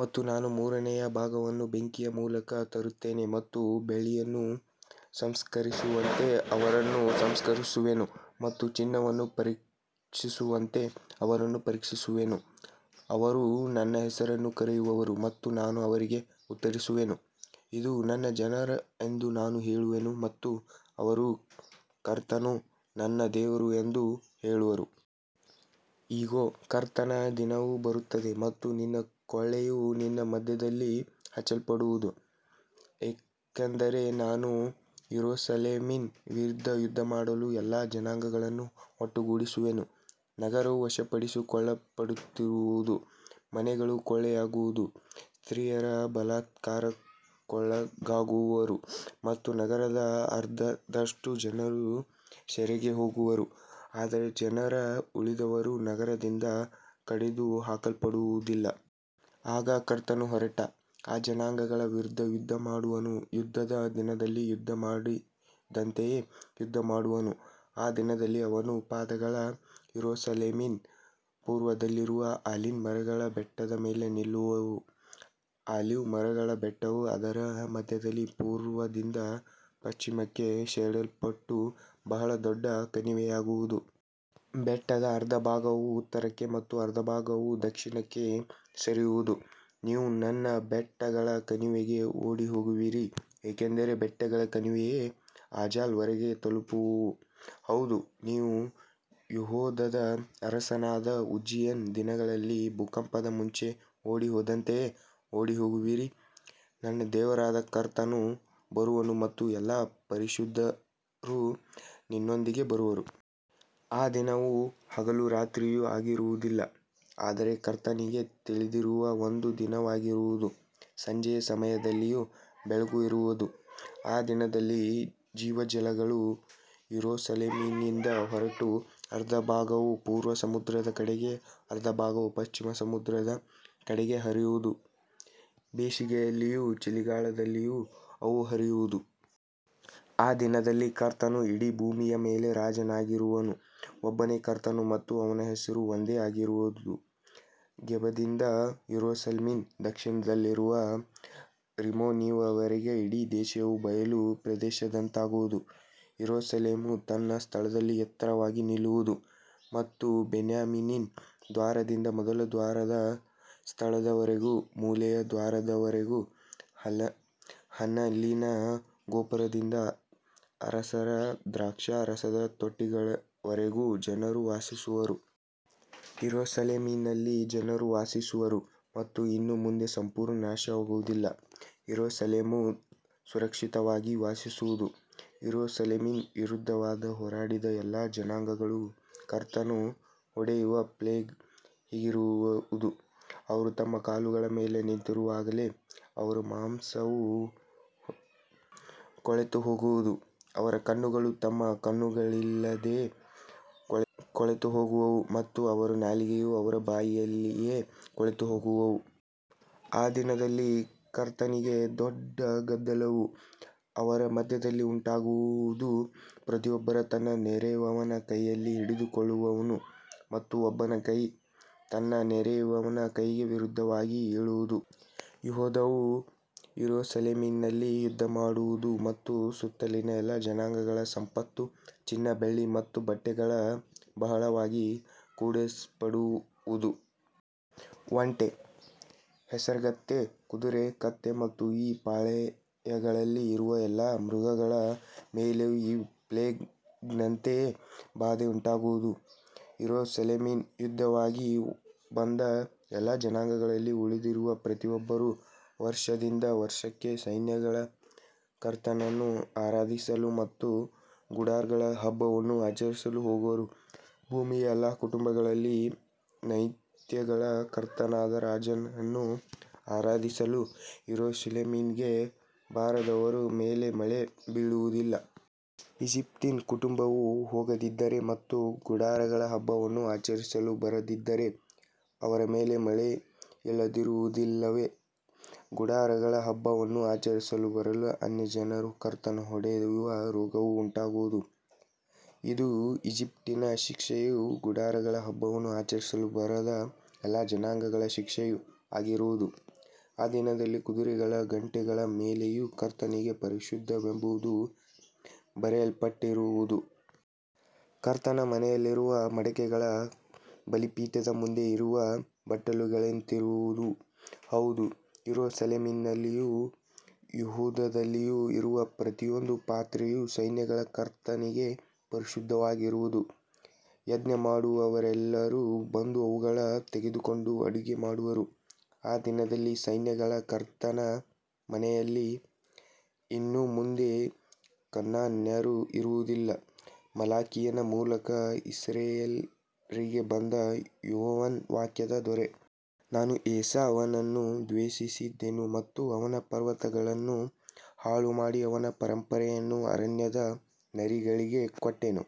ಮತ್ತು ನಾನು ಮೂರನೆಯ ಭಾಗವನ್ನು ಬೆಂಕಿಯ ಮೂಲಕ ತರುತ್ತೇನೆ ಮತ್ತು ಬೆಳ್ಳಿಯನ್ನು ಸಂಸ್ಕರಿಸುವಂತೆ ಅವರನ್ನು ಸಂಸ್ಕರಿಸುವೆನು ಮತ್ತು ಚಿನ್ನವನ್ನು ಪರೀಕ್ಷಿಸುವಂತೆ ಅವರನ್ನು ಪರೀಕ್ಷಿಸುವೆನು. ಅವರು ನನ್ನ ಹೆಸರನ್ನು ಕರೆಯುವರು ಮತ್ತು ನಾನು ಅವರಿಗೆ ಉತ್ತರಿಸುವೆನು. ಇದು ನನ್ನ ಜನರು ಎಂದು ನಾನು ಹೇಳುವೆನು ಮತ್ತು ಅವರು ಕರ್ತನು ನನ್ನ ದೇವರು ಎಂದು ಹೇಳುವರು. ಇಗೋ, ಕರ್ತನ ದಿನವು ಬರುತ್ತದೆ ಮತ್ತು ನಿನ್ನ ಕೊಳ್ಳೆಯು ನಿನ್ನ ಮಧ್ಯದಲ್ಲಿ ಹಂಚಲ್ಪಡುವುದು. ಯಾಕಂದರೆ ನಾನು ಯೆರೂಸಲೇಮಿನ ವಿರುದ್ಧ ಯುದ್ಧಮಾಡಲು ಎಲ್ಲಾ ಜನಾಂಗಗಳನ್ನು ಒಟ್ಟುಗೂಡಿಸುವೆನು. ನಗರವು ವಶಪಡಿಸಿಕೊಳ್ಳಲ್ಪಡುವುದು, ಮನೆಗಳು ಕೊಳ್ಳೆಯಾಗುವವು, ಸ್ತ್ರೀಯರು ಬಲಾತ್ಕಾರಕ್ಕೊಳಗಾಗುವರು ಮತ್ತು ನಗರದ ಅರ್ಧದಷ್ಟು ಜನರು ಸೆರೆಗೆ ಹೋಗುವರು. ಆದರೆ ಜನರ ಉಳಿದವರು ನಗರದಿಂದ ಕಡಿದುಹಾಕಲ್ಪಡುವುದಿಲ್ಲ. ಆಗ ಕರ್ತನು ಹೊರಟು ಆ ಜನಾಂಗಗಳ ವಿರುದ್ಧ ಯುದ್ಧಮಾಡುವನು, ಯುದ್ಧದ ದಿನದಲ್ಲಿ ಯುದ್ಧಮಾಡಿದಂತೆಯೇ ಯುದ್ಧಮಾಡುವನು. ಆ ದಿನದಲ್ಲಿ ಅವನ ಪಾದಗಳು ಯೆರೂಸಲೇಮಿನ ಪೂರ್ವದಲ್ಲಿರುವ ಆಲಿವ್ ಮರಗಳ ಬೆಟ್ಟದ ಮೇಲೆ ನಿಲ್ಲುವವು. ಆಲಿವ್ ಮರಗಳ ಬೆಟ್ಟವು ಅದರ ಮಧ್ಯದಲ್ಲಿ ಪೂರ್ವದಿಂದ ಪಶ್ಚಿಮಕ್ಕೆ ಸೀಳಲ್ಪಟ್ಟು ಬಹಳ ದೊಡ್ಡ ಕಣಿವೆಯಾಗುವುದು. ಬೆಟ್ಟದ ಅರ್ಧ ಭಾಗವು ಉತ್ತರಕ್ಕೆ ಮತ್ತು ಅದರ ಅರ್ಧ ಭಾಗವು ದಕ್ಷಿಣಕ್ಕೆ ಸರಿಯುವುದು. ನೀವು ನನ್ನ ಬೆಟ್ಟಗಳ ಕಣಿವೆಗೆ ಓಡಿಹೋಗುವಿರಿ, ಏಕೆಂದರೆ ಬೆಟ್ಟಗಳ ಕಣಿವೆಯು ಅಜಾಲ್ ವರೆಗೆ ತಲುಪುವುದು. ಹೌದು, ನೀವು ಯೆಹೂದದ ಅರಸನಾದ ಉಜ್ಜೀಯನ ದಿನಗಳಲ್ಲಿ ಭೂಕಂಪದ ಮುಂಚೆ ಓಡಿಹೋದಂತೆಯೇ ಓಡಿಹೋಗುವಿರಿ. ನನ್ನ ದೇವರಾದ ಕರ್ತನು ಬರುವನು ಮತ್ತು ಎಲ್ಲಾ ಪರಿಶುದ್ಧರೂ ನಿನ್ನೊಂದಿಗೆ ಬರುವರು. ಆ ದಿನವು ಹಗಲೂ ರಾತ್ರಿಯೂ ಆಗಿರುವುದಿಲ್ಲ, ಆದರೆ ಕರ್ತನಿಗೆ ತಿಳಿದಿರುವ ಒಂದು ದಿನವಾಗಿರುವುದು. ಸಂಜೆಯ ಸಮಯದಲ್ಲಿಯೂ ಬೆಳಕು ಇರುವದು. ಆ ದಿನದಲ್ಲಿ ಜೀವಜಲಗಳು ಯೆರೂಸಲೇಮಿನಿಂದ ಹೊರಟು, ಅರ್ಧ ಭಾಗವು ಪೂರ್ವ ಸಮುದ್ರದ ಕಡೆಗೂ ಅರ್ಧ ಭಾಗವು ಪಶ್ಚಿಮ ಸಮುದ್ರದ ಕಡೆಗೂ ಹರಿಯುವವು. ಬೇಸಿಗೆಯಲ್ಲಿಯೂ ಚಳಿಗಾಲದಲ್ಲಿಯೂ ಅವು ಹರಿಯುವವು. ಆ ದಿನದಲ್ಲಿ ಕರ್ತನು ಇಡೀ ಭೂಮಿಯ ಮೇಲೆ ರಾಜನಾಗಿರುವನು. ಒಬ್ಬನೇ ಕರ್ತನು ಮತ್ತು ಅವನ ಹೆಸರು ಒಂದೇ ಆಗಿರುವುದು. ಗೆಬದಿಂದ ಯೆರೂಸಲೇಮಿನ ದಕ್ಷಿಣದಲ್ಲಿರುವ ರಿಮ್ಮೋನಿನವರೆಗೆ ಇಡೀ ದೇಶವು ಬಯಲು ಪ್ರದೇಶದಂತಾಗುವುದು. ಯೆರೂಸಲೇಮು ತನ್ನ ಸ್ಥಳದಲ್ಲಿ ಎತ್ತರವಾಗಿ ನಿಲ್ಲುವುದು ಮತ್ತು ಬೆನ್ಯಾಮೀನಿನ ದ್ವಾರದಿಂದ ಮೊದಲ ದ್ವಾರದ ಸ್ಥಳದವರೆಗೂ, ಮೂಲೆಯ ದ್ವಾರದವರೆಗೂ, ಹನನೀಲನ ಗೋಪುರದಿಂದ ಅರಸನ ದ್ರಾಕ್ಷಾರಸದ ತೊಟ್ಟಿಗಳವರೆಗೂ ಜನರು ವಾಸಿಸುವರು. ಯೆರೂಸಲೇಮಿನಲ್ಲಿ ಜನರು ವಾಸಿಸುವರು ಮತ್ತು ಇನ್ನು ಮುಂದೆ ಸಂಪೂರ್ಣ ನಾಶವಾಗುವುದಿಲ್ಲ. ಯೆರೂಸಲೇಮು ಸುರಕ್ಷಿತವಾಗಿ ವಾಸಿಸುವುದು. ಯೆರೂಸಲೇಮಿನ ವಿರುದ್ಧವಾಗಿ ಹೋರಾಡಿದ ಎಲ್ಲಾ ಜನಾಂಗಗಳನ್ನು ಕರ್ತನು ಹೊಡೆಯುವ ಪ್ಲೇಗ್ ಹೀಗಿರುವುದು. ಅವರು ತಮ್ಮ ಕಾಲುಗಳ ಮೇಲೆ ನಿಂತಿರುವಾಗಲೇ ಅವರ ಮಾಂಸವು ಕೊಳೆತುಹೋಗುವುದು, ಅವರ ಕಣ್ಣುಗಳು ತಮ್ಮ ಕಣ್ಣುಕುಳಿಗಳಲ್ಲಿಯೇ ಕೊಳೆತುಹೋಗುವವು ಮತ್ತು ಅವರ ನಾಲಿಗೆಗಳು ಅವರ ಬಾಯಿಯಲ್ಲಿಯೇ ಕೊಳೆತುಹೋಗುವವು. ಆ ದಿನದಲ್ಲಿ ಕರ್ತನಿಂದ ದೊಡ್ಡ ಗದ್ದಲವು ಅವರ ಮಧ್ಯದಲ್ಲಿ ಉಂಟಾಗುವುದು. ಪ್ರತಿಯೊಬ್ಬನು ತನ್ನ ನೆರೆಯವನ ಕೈಯನ್ನು ಹಿಡಿದುಕೊಳ್ಳುವನು ಮತ್ತು ಒಬ್ಬನ ಕೈಯು ತನ್ನ ನೆರೆಯವನ ಕೈಗೆ ವಿರುದ್ಧವಾಗಿ ಏಳುವುದು. ಯೆಹೂದವೂ ಯೆರೂಸಲೇಮಿನಲ್ಲಿ ಯುದ್ಧಮಾಡುವುದು ಮತ್ತು ಸುತ್ತಲಿನ ಎಲ್ಲಾ ಜನಾಂಗಗಳ ಸಂಪತ್ತು, ಚಿನ್ನ, ಬೆಳ್ಳಿ ಮತ್ತು ಬಟ್ಟೆಗಳು ಬಹಳವಾಗಿ ಕೂಡಿಸಲ್ಪಡುವವು. ಒಂಟೆ, ಹೇಸರಗತ್ತೆ, ಕುದುರೆ, ಕತ್ತೆ ಮತ್ತು ಈ ಪಾಳೆಯಗಳಲ್ಲಿ ಇರುವ ಎಲ್ಲಾ ಮೃಗಗಳ ಮೇಲೆಯೂ ಈ ಪ್ಲೇಗ್‌ನಂತೆಯೇ ಬಾಧೆ ಉಂಟಾಗುವುದು. ಯೆರೂಸಲೇಮಿನ ವಿರುದ್ಧವಾಗಿ ಬಂದ ಎಲ್ಲಾ ಜನಾಂಗಗಳಲ್ಲಿ ಉಳಿದಿರುವ ಪ್ರತಿಯೊಬ್ಬರೂ ವರ್ಷದಿಂದ ವರ್ಷಕ್ಕೆ ಸೈನ್ಯಗಳ ಕರ್ತನನ್ನು ಆರಾಧಿಸಲು ಮತ್ತು ಗುಡಾರಗಳ ಹಬ್ಬವನ್ನು ಆಚರಿಸಲು ಹೋಗುವರು. ಭೂಮಿಯ ಎಲ್ಲಾ ಕುಟುಂಬಗಳಲ್ಲಿ ಸೈನ್ಯಗಳ ಕರ್ತನಾದ ರಾಜನನ್ನು ಆರಾಧಿಸಲು ಯೆರೂಸಲೇಮಿಗೆ ಬಾರದವರ ಮೇಲೆ ಮಳೆ ಬೀಳುವುದಿಲ್ಲ. ಈಜಿಪ್ಟಿನ ಕುಟುಂಬವು ಹೋಗದಿದ್ದರೆ ಮತ್ತು ಗುಡಾರಗಳ ಹಬ್ಬವನ್ನು ಆಚರಿಸಲು ಬರದಿದ್ದರೆ, ಅವರ ಮೇಲೆ ಮಳೆಯಿಲ್ಲದಿರುವುದಲ್ಲದೆ, ಗುಡಾರಗಳ ಹಬ್ಬವನ್ನು ಆಚರಿಸಲು ಬರದ ಅನ್ಯಜನರನ್ನು ಕರ್ತನು ಹೊಡೆಯುವ ರೋಗವೂ ಉಂಟಾಗುವುದು. ಇದು ಈಜಿಪ್ಟಿನ ಶಿಕ್ಷೆಯೂ ಗುಡಾರಗಳ ಹಬ್ಬವನ್ನು ಆಚರಿಸಲು ಬರದ ಎಲ್ಲಾ ಜನಾಂಗಗಳ ಶಿಕ್ಷೆಯೂ ಆಗಿರುವುದು. ಆ ದಿನದಲ್ಲಿ ಕುದುರೆಗಳ ಗಂಟೆಗಳ ಮೇಲೆಯೂ ಕರ್ತನಿಗೆ ಪರಿಶುದ್ಧವೆಂಬುದು ಬರೆಯಲ್ಪಟ್ಟಿರುವುದು. ಕರ್ತನ ಮನೆಯಲ್ಲಿರುವ ಮಡಕೆಗಳು ಬಲಿಪೀಠದ ಮುಂದೆ ಇರುವ ಬಟ್ಟಲುಗಳಂತಿರುವವು. ಹೌದು, ಯೆರೂಸಲೇಮಿನಲ್ಲಿಯೂ ಯೆಹೂದದಲ್ಲಿಯೂ ಇರುವ ಪ್ರತಿಯೊಂದು ಪಾತ್ರೆಯೂ ಸೈನ್ಯಗಳ ಕರ್ತನಿಗೆ ಪರಿಶುದ್ಧವಾಗಿರುವುದು. ಯಜ್ಞಮಾಡುವವರೆಲ್ಲರೂ ಬಂದು ಅವುಗಳಲ್ಲಿ ತೆಗೆದುಕೊಂಡು ಅಡುಗೆ ಮಾಡುವರು. ಆ ದಿನದಲ್ಲಿ ಸೈನ್ಯಗಳ ಕರ್ತನ ಮನೆಯಲ್ಲಿ ಇನ್ನು ಮುಂದೆ ಕಾನಾನ್ಯರು ಇರುವುದಿಲ್ಲ. ಮಲಾಕಿಯನ ಮೂಲಕ ಇಸ್ರಾಯೇಲ್ಯರಿಗೆ ಬಂದ ಯೆಹೋವನ ವಾಕ್ಯದ ಹೊರೆ. ನಾನು ಏಸಾವನನ್ನು ದ್ವೇಷಿಸಿದೆನು ಮತ್ತು ಅವನ ಪರ್ವತಗಳನ್ನು ಹಾಳುಮಾಡಿ ಅವನ ಪರಂಪರೆಯನ್ನು ಅರಣ್ಯದ ನರಿಗಳಿಗೆ ಕೊಟ್ಟೆನು.